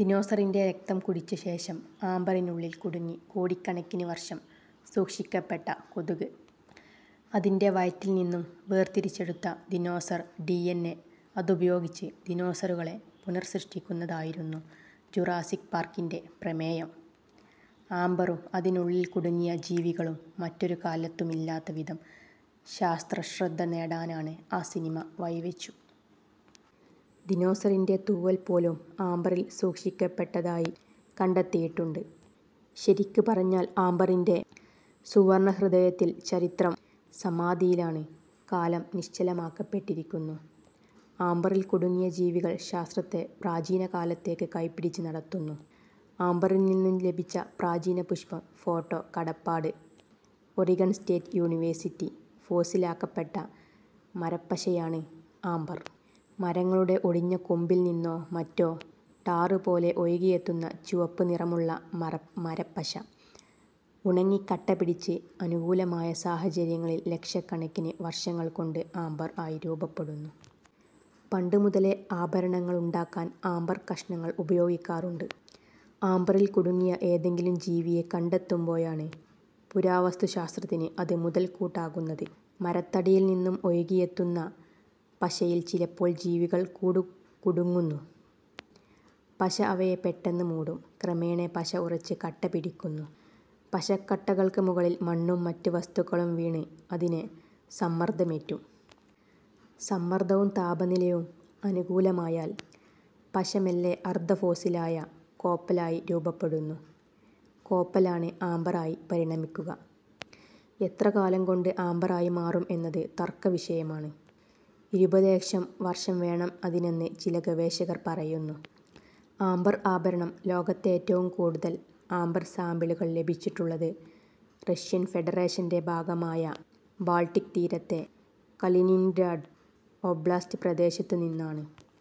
ദിനോസറിന്റെ രക്തംകുടിച്ച ശേഷം ആമ്പറിനുള്ളില് കുടുങ്ങി കോടിക്കണക്കിന് വര്ഷം സൂക്ഷിക്കപ്പെട്ട കൊതുക്. അതിന്റെ വയറ്റില് നിന്ന് വേര്തിരിച്ചെടുത്ത ദിനോസര് ഡി. എന്. എ. അതുപയോഗിച്ച് ദിനോസറുകളെ പുനർസൃഷ്ടിക്കുന്നതായിരുന്നു 'ജുറാസിക് പാര്ക്കി'ന്റെ പ്രമേയം. ആമ്പറും അതിനുള്ളില് കുടുങ്ങിയ ജീവികളും മറ്റൊരു കാലത്തുമില്ലാത്ത വിധം ശാസ്ത്രശ്രദ്ധ നേടാന് ആ സിനിമ വഴിവെച്ചു. ദിനോസറിന്റെ തൂവല് പോലും ആമ്പറില് സൂക്ഷിക്കപ്പെട്ടതായി കണ്ടെത്തിയിട്ടുണ്ട്. ശരിക്ക് പറഞ്ഞാല് ആമ്പറിന്റെ സുവര്ണഹൃദയത്തില് ചരിത്രം സമാധിയിലാണ്, കാലം നിശ്ചലമാക്കപ്പെട്ടിരിക്കുന്നു. ആമ്പറില് കുടുങ്ങിയ ജീവികള് ശാസ്ത്രത്തെ പ്രാചീനകാലത്തേക്ക് കൈപ്പിടിച്ച് നടത്തുന്നു. ആമ്പറില് നിന്ന് ലഭിച്ച പ്രാചീന പുഷ്പം. ഫോട്ടോ കടപ്പാട്:ഒറിഗണ് സ്റ്റേറ്റ് യൂണിവേഴ്സിറ്റി ഫോസിലാക്കപ്പെട്ട മരപ്പശയാണ് ആമ്പര്. മരങ്ങളുടെ ഒടിഞ്ഞ കൊമ്പില് നിന്നോ മറ്റോ ടാര് പോലെ ഒഴുകിയെത്തുന്ന ചുവപ്പ് നിറമുള്ള മരപ്പശ ഉണങ്ങി കട്ടപിടിച്ച് അനുകൂലമായ സാഹചര്യങ്ങളില് ലക്ഷക്കണക്കിന് വര്ഷങ്ങള്കൊണ്ട് ആമ്പര് ആയി രൂപപ്പെടുന്നു. പണ്ടുമുതലേ ആഭരണങ്ങളുണ്ടാക്കാന് ആമ്പര് കഷണങ്ങള് ഉപയോഗിക്കാറുണ്ട്. ആമ്പറില് കുടുങ്ങിയ ഏതെങ്കിലും ജീവിയെ കണ്ടെത്തുമ്പോഴാണ് പുരാവസ്തുശാസ്ത്രത്തിന് അത് മുതല്ക്കൂട്ടാകുന്നത്. മരത്തടിയില് നിന്ന് ഒഴുകിയെത്തുന്ന പശയില് ചിലപ്പോള് ജീവികള് കുടുങ്ങുന്നു. പശ അവയെ പെട്ടന്ന് മൂടും. ക്രമേണ പശ ഉറച്ച് കട്ടപിടിക്കുന്നു. പശക്കട്ടകള്ക്ക് മുകളില് മണ്ണും മറ്റ് വസ്തുക്കളും വീണ് അതിന് സമ്മര്ദ്ദമേറ്റും. സമ്മര്ദ്ദവും താപനിലയും അനുകൂലമായാല്, പശ മെല്ലെ അര്ധഫോസിലായ കോപ്പല് ആയി രൂപപ്പെടുന്നു. കോപ്പല് ആണ് ആമ്പറായി പരിണമിക്കുക. എത്രകാലംകൊണ്ട് ആമ്പറായി മാറും എന്നത് തര്ക്കവിഷയമാണ്. ഇരുപത് ലക്ഷം വര്ഷമെങ്കിലും വേണം അതിനെന്ന് ചില ഗവേഷകര് പറയുന്നു. ആമ്പര് ആഭരണം ലോകത്തേറ്റവും കൂടുതല് ആമ്പര് സാമ്പിളുകള് ലഭിച്ചിട്ടുള്ളത് റഷ്യന് ഫെഡറേഷന്റെ ഭാഗമായ ബാള്ട്ടിക് തീരത്തെ കലിനിന്ഗ്രാഡ് ഒബ്ലാസ്റ്റ് പ്രദേശത്തുനിന്നാണ്.